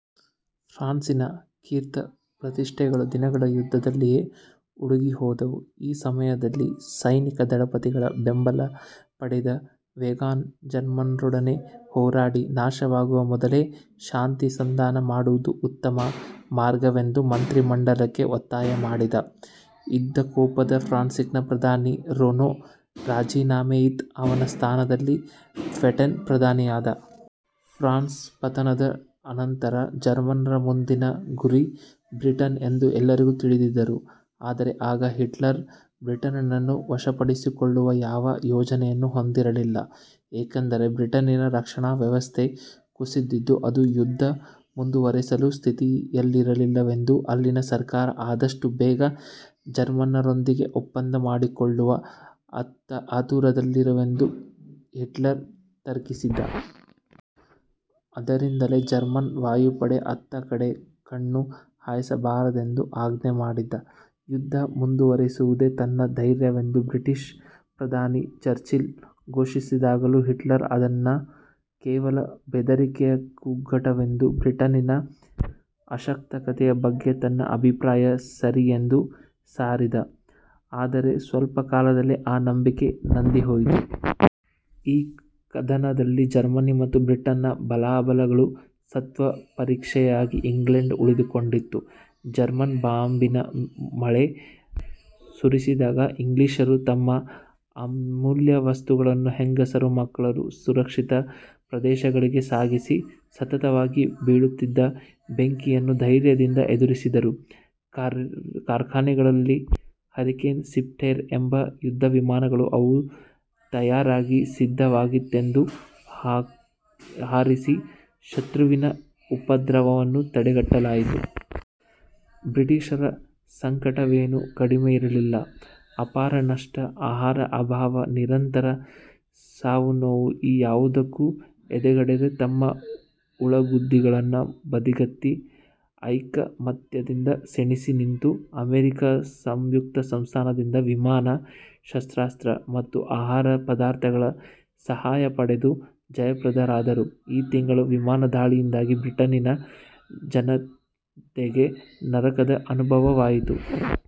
ಫ್ರಾನ್ಸಿನ ಕೀರ್ತಿಪ್ರತಿಷ್ಠೆಗಳು ದಿನಗಳ ಯುದ್ಧದಲ್ಲಿಯೇ ಉಡುಗಿಹೋದವು. ಈ ಸಮಯದಲ್ಲಿ ಸೈನಿಕ ದಳಪತಿಗಳ ಬೆಂಬಲ ಪಡೆದ ವೇಗಾನ್ ಜರ್ಮನ್ನರೊಡನೆ ಹೋರಾಡಿ ನಾಶವಾಗುವ ಮೊದಲೇ ಶಾಂತಿ ಸಂಧಾನ ಮಾಡುವುದು ಉತ್ತಮ ಮಾರ್ಗವೆಂದು ಮಂತ್ರಿಮಂಡಲಕ್ಕೆ ಒತ್ತಾಯ ಮಾಡಿದ. ಇದಕ್ಕೊಪ್ಪದ ಫ್ರಾನ್ಸಿನ ಪ್ರಧಾನಿ ರೇನೋ ರಾಜಿನಾಮೆಯಿತ್ತ. ಅವನ ಸ್ಥಾನದಲ್ಲಿ ಪೇಟನ್ ಪ್ರಧಾನಿಯಾದ. ಫ್ರಾನ್ಸ್ನ ಪತನದ ಅನಂತರ ಜರ್ಮನ್ನರ ಮುಂದಿನ ಗುರಿ ಬ್ರಿಟನ್ ಎಂದು ಎಲ್ಲರೂ ತಿಳಿದಿದ್ದರು. ಆದರೆ ಆಗ ಹಿಟ್ಲರ್ ಬ್ರಿಟನ್ನನ್ನು ವಶಪಡಿಸಿಕೊಳ್ಳುವ ಯಾವ ಯೋಜನೆಯನ್ನೂ ಹೊಂದಿರಲಿಲ್ಲ. ಏಕೆಂದರೆ, ಬ್ರಿಟನ್ನಿನ ರಕ್ಷಣಾ ವ್ಯವಸ್ಥೆ ಕುಸಿದಿದ್ದು, ಅದು ಯುದ್ಧ ಮುಂದುವರಿಸುವ ಸ್ಥಿತಿಯಲ್ಲಿರಲಿಲ್ಲವೆಂದೂ ಅಲ್ಲಿನ ಸರ್ಕಾರ ಆದಷ್ಟು ಬೇಗ ಜರ್ಮನ್ನರೊಂದಿಗೆ ಒಪ್ಪಂದ ಮಾಡಿಕೊಳ್ಳುವ ಆತುರದಲ್ಲಿದೆಯೆಂದೂ ಹಿಟ್ಲರ್ ತರ್ಕಿಸಿದ್ದ. ಆದ್ದರಿಂದಲೇ ಜರ್ಮನ್ ವಾಯುಪಡೆ ಅತ್ತ ಕಡೆ ಕಣ್ಣು ಹಾಯಿಸಬಾರದೆಂದು ಆಜ್ಞೆ ಮಾಡಿದ್ದ. ಯುದ್ಧ ಮುಂದುವರಿಸುವುದೇ ತನ್ನ ಧ್ಯೇಯವೆಂದು ಬ್ರಿಟಿಷ್ ಪ್ರಧಾನಿ ಚರ್ಚಿಲ್ ಘೋಷಿಸಿದಾಗಲೂ ಹಿಟ್ಲರ್ ಅದನ್ನು ಕೇವಲ ಬೆದರಿಕೆಯ ಕೂಗಾಟವೆಂದೂ ಬ್ರಿಟನ್ನಿನ ಅಶಕ್ತತೆಯ ಬಗ್ಗೆ ತನ್ನ ಅಭಿಪ್ರಾಯ ಸರಿಯೆಂದೂ ಸಾರಿದ. ಆದರೆ ಸ್ವಲ್ಪ ಕಾಲದಲ್ಲೇ ಆ ನಂಬಿಕೆ ನಂದಿಹೋಯಿತು. ಈ ಕದನದಲ್ಲಿ ಜರ್ಮನಿ ಮತ್ತು ಬ್ರಿಟನ್ಗಳ ಬಲಾಬಲಗಳ ಸತ್ತ್ವಪರೀಕ್ಷೆಯಾಗಿ ಇಂಗ್ಲೆಂಡ್ ಉಳಿದುಕೊಂಡಿತು. ಜರ್ಮನ್ ಬಾಂಬಿನ ಮಳೆ ಸುರಿಸಿದಾಗ ಇಂಗ್ಲಿಷರು ತಮ್ಮ ಅಮೂಲ್ಯವಸ್ತುಗಳನ್ನೂ ಹೆಂಗಸರು ಮಕ್ಕಳನ್ನೂ ಸುರಕ್ಷಿತ ಪ್ರದೇಶಗಳಿಗೆ ಸಾಗಿಸಿ ಸತತವಾಗಿ ಬೀಳುತ್ತಿದ್ದ ಬೆಂಕಿಯನ್ನು ಧೈರ್ಯದಿಂದ ಎದುರಿಸಿದರು. ಕಾರ್ಖಾನೆಗಳಲ್ಲಿ ಹರಿಕೇನ್, ಸ್ಪಿಟ್ಫೈರ್ ಎಂಬ ಯುದ್ಧವಿಮಾನಗಳನ್ನು ಅವು ತಯಾರಾಗಿ ಸಿದ್ದವಾಗುತ್ತಿದ್ದಂತೆಯೇ ಹಾರಿಸಿ ಶತ್ರುವಿನ ಉಪದ್ರವವನ್ನು ತಡೆಗಟ್ಟಲಾಯಿತು. ಬ್ರಿಟಿಷರ ಸಂಕಟವೇನೂ ಕಡಿಮೆಯಿರಲಿಲ್ಲ. ಅಪಾರ ನಷ್ಟ, ಆಹಾರದ ಅಭಾವ, ನಿರಂತರ ಸಾವುನೋವು ಈ ಯಾವುದಕ್ಕೂ ಎದೆಗೆಡದೆ ತಮ್ಮ ಒಳಗುದಿಗಳನ್ನು ಬದಿಗೊತ್ತಿ ಐಕಮತ್ಯದಿಂದ ಸೆಣಸಿ ನಿಂತು, ಅಮೆರಿಕ ಸಂಯುಕ್ತ ಸಂಸ್ಥಾನದಿಂದ ವಿಮಾನ, ಶಸ್ತ್ರಾಸ್ತ್ರ ಮತ್ತು ಆಹಾರ ಪದಾರ್ಥಗಳ ಸಹಾಯ ಪಡೆದು ಜಯಪ್ರದರಾದರು. ಆ ತಿಂಗಳ ವಿಮಾನದಾಳಿಯಲ್ಲಿ ಬ್ರಿಟನ್ನಿನ ಜನತೆಗೆ ನರಕದ ಅನುಭವವಾಯಿತು.